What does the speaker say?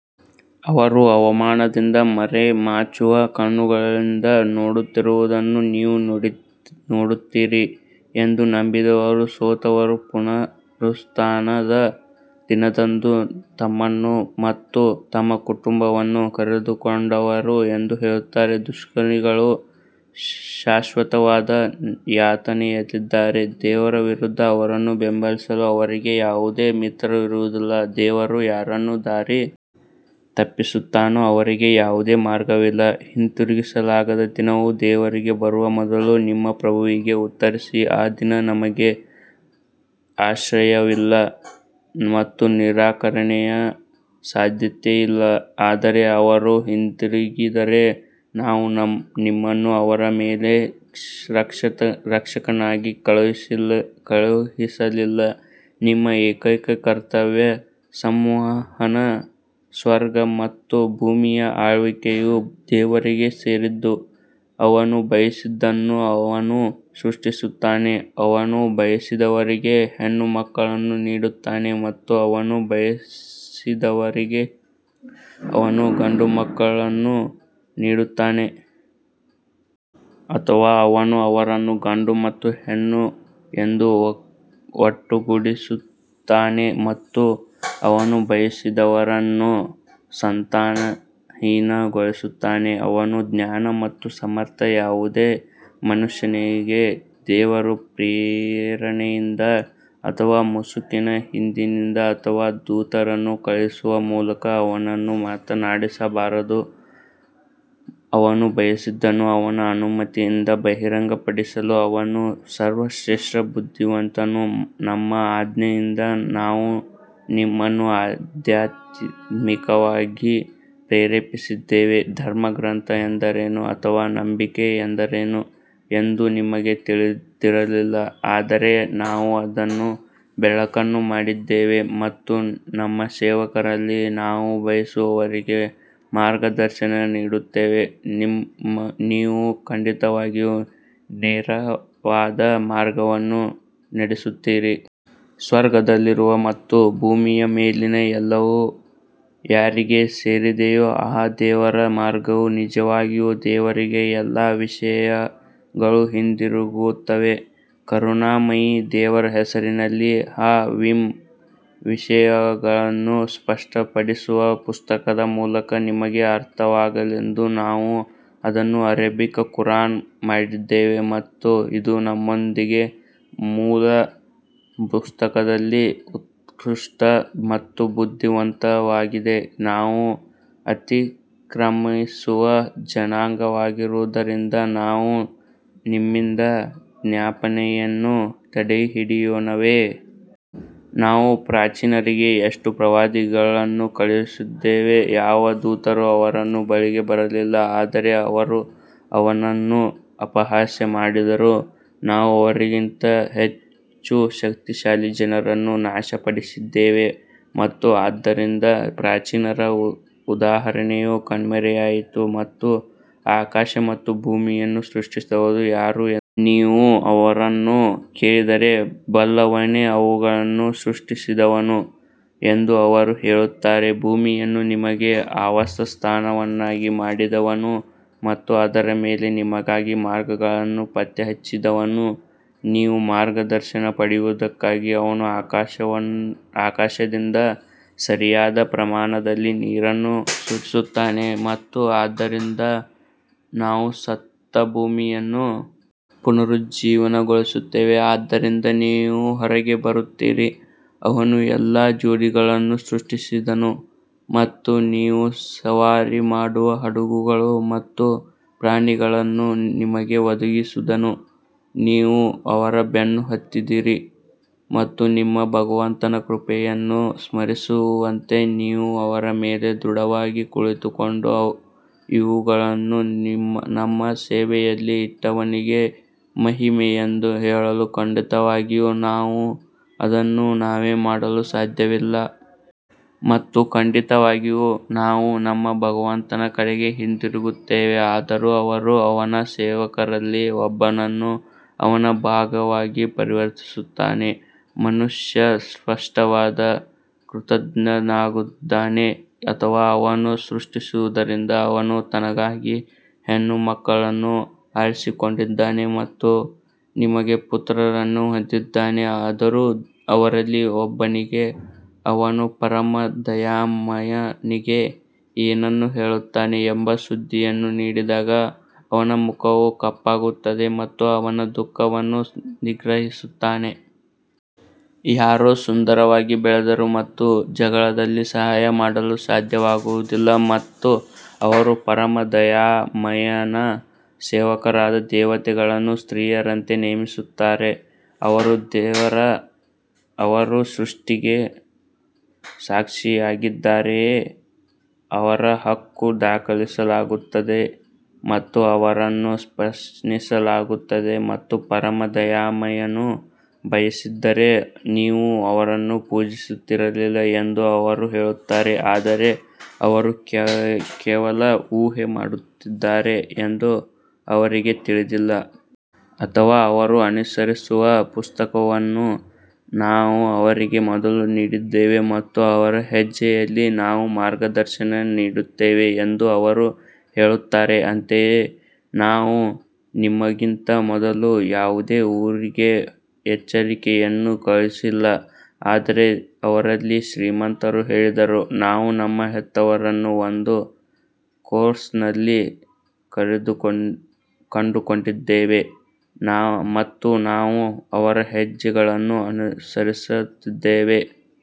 ಅವರು ಅವಮಾನದಿಂದ ಮರೆಮಾಚುವ ಕಣ್ಣುಗಳಿಂದ ನೋಡುತ್ತಿರುವುದನ್ನು ನೀವು ನೋಡುತ್ತೀರಿ ಎಂದು ನಂಬಿದವರು ಸೋತವರು ಪುನರುತ್ಥಾನದ ದಿನದಂದು ತಮ್ಮನ್ನು ಮತ್ತು ತಮ್ಮ ಕುಟುಂಬವನ್ನು ಕಳೆದುಕೊಂಡವರು ಎಂದು ಹೇಳುತ್ತಾರೆ, ದುಷ್ಕರ್ಮಿಗಳು ಶಾಶ್ವತವಾದ ಯಾತನೆಯಲ್ಲಿದ್ದಾರೆ. ದೇವರ ವಿರುದ್ಧ ಅವರನ್ನು ಬೆಂಬಲಿಸಲು ಅವರಿಗೆ ಯಾವುದೇ ಮಿತ್ರರು ಇರುವುದಿಲ್ಲ, ದೇವರು ಯಾರನ್ನು ದಾರಿ ತಪ್ಪಿಸುತ್ತಾನೋ ಅವರಿಗೆ ಯಾವುದೇ ಮಾರ್ಗವಿಲ್ಲ ಹಿಂತಿರುಗಿಸಲಾಗದ ದಿನವು ದೇವರಿಂದ ಬರುವ ಮೊದಲು ನಿಮ್ಮ ಪ್ರಭುವಿಗೆ ಉತ್ತರಿಸಿ ಆ ದಿನ ನಿಮಗೆ ಆಶ್ರಯವಿಲ್ಲ ಮತ್ತು ನಿರಾಕರಣೆಯ ಸಾಧ್ಯತೆಯಿಲ್ಲ ಆದರೆ ಅವರು ತಿರುಗಿದರೆ ನಾವು ನಿಮ್ಮನ್ನು ಅವರ ಮೇಲೆ ರಕ್ಷಕನಾಗಿ ಕಳುಹಿಸಲಿಲ್ಲ ನಿಮ್ಮ ಏಕೈಕ ಕರ್ತವ್ಯ ಸಂವಹನ ಸ್ವರ್ಗ ಮತ್ತು ಭೂಮಿಯ ಆಳ್ವಿಕೆಯು ದೇವರಿಗೆ ಸೇರಿದ್ದು, ಅವನು ಬಯಸಿದ್ದನ್ನು ಅವನು ಸೃಷ್ಟಿಸುತ್ತಾನೆ, ಅವನು ಬಯಸಿದವರಿಗೆ ಹೆಣ್ಣುಮಕ್ಕಳನ್ನು ನೀಡುತ್ತಾನೆ ಮತ್ತು ಅವನು ಬಯಸಿದವರಿಗೆ ಅವನು ಗಂಡುಮಕ್ಕಳನ್ನು ನೀಡುತ್ತಾನೆ. ಅಥವಾ ಅವನು ಅವರನ್ನು ಗಂಡು ಮತ್ತು ಹೆಣ್ಣು ಎಂದು ಒಟ್ಟುಗೂಡಿಸುತ್ತಾನೆ ಮತ್ತು ಅವನು ಬಯಸಿದವರನ್ನು ಸಂತಾನಹೀನಗೊಳಿಸುತ್ತಾನೆ ಅವನು ಜ್ಞಾನ ಮತ್ತು ಸಮರ್ಥ ಯಾವುದೇ ಮನುಷ್ಯನಿಗೆ ದೇವರು ಪ್ರೇರಣೆಯಿಂದ ಅಥವಾ ಮುಸುಕಿನ ಹಿಂದಿನಿಂದ ಅಥವಾ ದೂತರನ್ನು ಕಳುಹಿಸುವ ಮೂಲಕ ಅವನೊಂದಿಗೆ ಮಾತನಾಡಬಾರದು, ಅವನು ಬಯಸಿದ್ದನ್ನು ಅವನ ಅನುಮತಿಯಿಂದ ಬಹಿರಂಗಪಡಿಸಲು ಅವನು ಸರ್ವಶ್ರೇಷ್ಠ ಬುದ್ಧಿವಂತನು ನಮ್ಮ ಆಜ್ಞೆಯಿಂದ ನಾವು ನಿಮ್ಮನ್ನು ಆಧ್ಯಾತ್ಮಿಕವಾಗಿ ಪ್ರೇರೇಪಿಸಿದ್ದೇವೆ, ಧರ್ಮಗ್ರಂಥ ಎಂದರೇನು ಅಥವಾ ನಂಬಿಕೆ ಎಂದರೇನು ಎಂದು ನಿಮಗೆ ತಿಳಿದಿರಲಿಲ್ಲ ಆದರೆ ನಾವು ಅದನ್ನು ಬೆಳಕನ್ನು ಮಾಡಿದ್ದೇವೆ ಮತ್ತು ನಮ್ಮ ಸೇವಕರಲ್ಲಿ ನಾವು ಬಯಸುವವರಿಗೆ ಮಾರ್ಗದರ್ಶನ ನೀಡುತ್ತೇವೆ, ನೀವು ಖಂಡಿತವಾಗಿಯೂ ನೇರವಾದ ಮಾರ್ಗವನ್ನು ನಡೆಸುತ್ತೀರಿ. ಸ್ವರ್ಗದಲ್ಲಿರುವ ಮತ್ತು ಭೂಮಿಯ ಮೇಲಿನ ಎಲ್ಲವೂ ಯಾರಿಗೆ ಸೇರಿದೆಯೋ ಆ ದೇವರ ಮಾರ್ಗವು ನಿಜವಾಗಿಯೂ ದೇವರಿಗೆ ಎಲ್ಲಾ ವಿಷಯಗಳು ಹಿಂತಿರುಗುತ್ತವೆ ಕರುಣಾಮಯಿ ದೇವರ ಹೆಸರಿನಲ್ಲಿ ಹಾ ಮೀಮ್ ವಿಷಯಗಳನ್ನು ಸ್ಪಷ್ಟಪಡಿಸುವ ಪುಸ್ತಕದ ಮೂಲಕ ನಿಮಗೆ ಅರ್ಥವಾಗಲೆಂದು ನಾವು ಅದನ್ನು ಅರೇಬಿಕ್ ಖುರಾನ್ ಮಾಡಿದ್ದೇವೆ ಮತ್ತು ಇದು ನಮ್ಮೊಂದಿಗೆ ಮೂಲ ಪುಸ್ತಕದಲ್ಲಿ ಉತ್ಕೃಷ್ಟ ಮತ್ತು ಬುದ್ಧಿವಂತವಾಗಿದೆ ನೀವು ಅತಿಕ್ರಮಿಸುವ ಜನರಾಗಿರುವುದರಿಂದ ನಾವು ನಿಮ್ಮಿಂದ ಜ್ಞಾಪನೆಯನ್ನು ತಡೆಹಿಡಿಯೋಣವೇ? ನಾವು ಪ್ರಾಚೀನರಿಗೆ ಎಷ್ಟು ಪ್ರವಾದಿಗಳನ್ನು ಕಳುಹಿಸಿದ್ದೇವೆ ಯಾವ ದೂತರೂ ಅವರ ಬಳಿಗೆ ಬರಲಿಲ್ಲ ಆದರೆ ಅವರು ಅವನನ್ನು ಅಪಹಾಸ್ಯ ಮಾಡಿದರು ನಾವು ಅವರಿಗಿಂತ ಹೆಚ್ಚು ಶಕ್ತಿಶಾಲಿ ಜನರನ್ನು ನಾಶಪಡಿಸಿದ್ದೇವೆ ಮತ್ತು ಆದ್ದರಿಂದ ಪ್ರಾಚೀನರ ಉದಾಹರಣೆಯು ಕಣ್ಮರೆಯಾಯಿತು ಮತ್ತು ಆಕಾಶ ಮತ್ತು ಭೂಮಿಯನ್ನು ಸೃಷ್ಟಿಸಿದವರು ಯಾರು ಎಂದು ನೀವು ಅವರನ್ನು ಕೇಳಿದರೆ, ಬಲ್ಲವನೇ ಅವುಗಳನ್ನು ಸೃಷ್ಟಿಸಿದನು ಎಂದು ಅವರು ಹೇಳುತ್ತಾರೆ ಭೂಮಿಯನ್ನು ನಿಮಗೆ ಆವಾಸಸ್ಥಾನವನ್ನಾಗಿ ಮಾಡಿದವನು ಮತ್ತು ಅದರ ಮೇಲೆ ನಿಮಗಾಗಿ ಮಾರ್ಗಗಳನ್ನು ಪತ್ತೆಹಚ್ಚಿದವನು ನೀವು ಮಾರ್ಗದರ್ಶನ ಪಡೆಯುವುದಕ್ಕಾಗಿ ಅವನು ಆಕಾಶದಿಂದ ಸರಿಯಾದ ಪ್ರಮಾಣದಲ್ಲಿ ನೀರನ್ನು ಸುರಿಸುತ್ತಾನೆ ಮತ್ತು ಆದ್ದರಿಂದ ನಾವು ಸತ್ತ ಭೂಮಿಯನ್ನು ಪುನರುಜ್ಜೀವನಗೊಳಿಸುತ್ತೇವೆ ಆದ್ದರಿಂದ ನೀವು ಹೊರಗೆ ಬರುತ್ತೀರಿ ಅವನು ಎಲ್ಲಾ ಜೋಡಿಗಳನ್ನು ಸೃಷ್ಟಿಸಿದನು ಮತ್ತು ನೀವು ಸವಾರಿ ಮಾಡುವ ಹಡಗುಗಳು ಮತ್ತು ಪ್ರಾಣಿಗಳನ್ನು ನಿಮಗೆ ಒದಗಿಸಿದನು ನೀವು ಅವರ ಬೆನ್ನು ಹತ್ತಿದಿರಿ ಮತ್ತು ನಿಮ್ಮ ಭಗವಂತನ ಕೃಪೆಯನ್ನು ಸ್ಮರಿಸುವಂತೆ ನೀವು ಅವರ ಮೇಲೆ ದೃಢವಾಗಿ ಕುಳಿತುಕೊಂಡು, ಇವುಗಳನ್ನು ನಮ್ಮ ಸೇವೆಯಲ್ಲಿ ಇಟ್ಟವನಿಗೆ ಮಹಿಮೆ ಎಂದು ಹೇಳಲು ಖಂಡಿತವಾಗಿಯೂ ನಾವು ಅದನ್ನು ನಾವೇ ಮಾಡಲು ಸಾಧ್ಯವಿಲ್ಲ. ಮತ್ತು ಖಂಡಿತವಾಗಿಯೂ ನಾವು ನಮ್ಮ ಭಗವಂತನ ಕಡೆಗೆ ಹಿಂತಿರುಗುತ್ತೇವೆ ಆದರೂ ಅವರು ಅವನ ಸೇವಕರಲ್ಲಿ ಒಬ್ಬನನ್ನು ಅವನ ಭಾಗವಾಗಿ ಪರಿವರ್ತಿಸುತ್ತಾರೆ, ಮನುಷ್ಯ ಸ್ಪಷ್ಟವಾಗಿ ಕೃತಘ್ನನಾಗಿದ್ದಾನೆ ಅಥವಾ ಅವನು ಸೃಷ್ಟಿಸುವದರಿಂದ ಅವನು ತನಗಾಗಿ ಹೆಣ್ಣುಮಕ್ಕಳನ್ನು ಆರಿಸಿಕೊಂಡಿದ್ದಾನೆ ಮತ್ತು ನಿಮಗೆ ಪುತ್ರರನ್ನು ಹೊಂದಿದ್ದಾನೆ ಆದರೂ ಅವರಲ್ಲಿ ಒಬ್ಬನಿಗೆ ಅವನು ಪರಮ ದಯಾಮಯನಿಗೆ ಏನನ್ನು ಹೇಳುತ್ತಾನೆ ಎಂಬ ಸುದ್ದಿಯನ್ನು ನೀಡಿದಾಗ ಅವನ ಮುಖವು ಕಪ್ಪಾಗುತ್ತದೆ ಮತ್ತು ಅವನು ದುಃಖವನ್ನು ನಿಗ್ರಹಿಸುತ್ತಾನೆ. ಯಾರೋ ಸುಂದರವಾಗಿ ಬೆಳೆದರು ಮತ್ತು ಜಗಳದಲ್ಲಿ ಸಹಾಯ ಮಾಡಲು ಸಾಧ್ಯವಾಗುವುದಿಲ್ಲ ಮತ್ತು ಅವರು ಪರಮ ದಯಾಮಯನ ಸೇವಕರಾದ ದೇವತೆಗಳನ್ನು ಸ್ತ್ರೀಯರಂತೆ ನೇಮಿಸುತ್ತಾರೆ ಅವರು ಅವರ ಸೃಷ್ಟಿಗೆ ಸಾಕ್ಷಿಯಾಗಿದ್ದಾರೆಯೇ ಅವರ ಹಕ್ಕು ದಾಖಲಿಸಲಾಗುತ್ತದೆ ಮತ್ತು ಅವರನ್ನು ಪ್ರಶ್ನಿಸಲಾಗುತ್ತದೆ. ಮತ್ತು ಪರಮ ದಯಾಮಯನು ಬಯಸಿದ್ದರೆ ನಾವು ಅವರನ್ನು ಪೂಜಿಸುತ್ತಿರಲಿಲ್ಲ ಎಂದು ಅವರು ಹೇಳುತ್ತಾರೆ ಆದರೆ ಅವರು ಕೇವಲ ಊಹೆ ಮಾಡುತ್ತಿದ್ದಾರೆ ಎಂದು ಅವರಿಗೆ ತಿಳಿದಿಲ್ಲ. ಅಥವಾ ಅವರು ಅನುಸರಿಸುವ ಪುಸ್ತಕವನ್ನು ನಾವು ಅವರಿಗೆ ಮೊದಲು ನೀಡಿದ್ದೇವೆ ಮತ್ತು ಅವರ ಹೆಜ್ಜೆಯಲ್ಲಿ ನಾವು ಮಾರ್ಗದರ್ಶನ ನೀಡುತ್ತೇವೆ ಎಂದು ಅವರು ಹೇಳುತ್ತಾರೆ ಅಂತೆಯೇ ನಾವು ನಿಮಗಿಂತ ಮೊದಲು ಯಾವುದೇ ಊರಿಗೆ ಎಚ್ಚರಿಕೆಯನ್ನು ಕಳುಹಿಸಿಲ್ಲ ಆದರೆ ಅವರಲ್ಲಿ ಶ್ರೀಮಂತರು ಹೇಳಿದರು, ನಾವು ನಮ್ಮ ಹೆತ್ತವರನ್ನು ಒಂದು ಕೋರ್ಸ್ನಲ್ಲಿ ಕಂಡುಕೊಂಡಿದ್ದೇವೆ ಮತ್ತು ನಾವು ಅವರ ಹೆಜ್ಜೆಗಳನ್ನು ಅನುಸರಿಸುತ್ತಿದ್ದೇವೆ.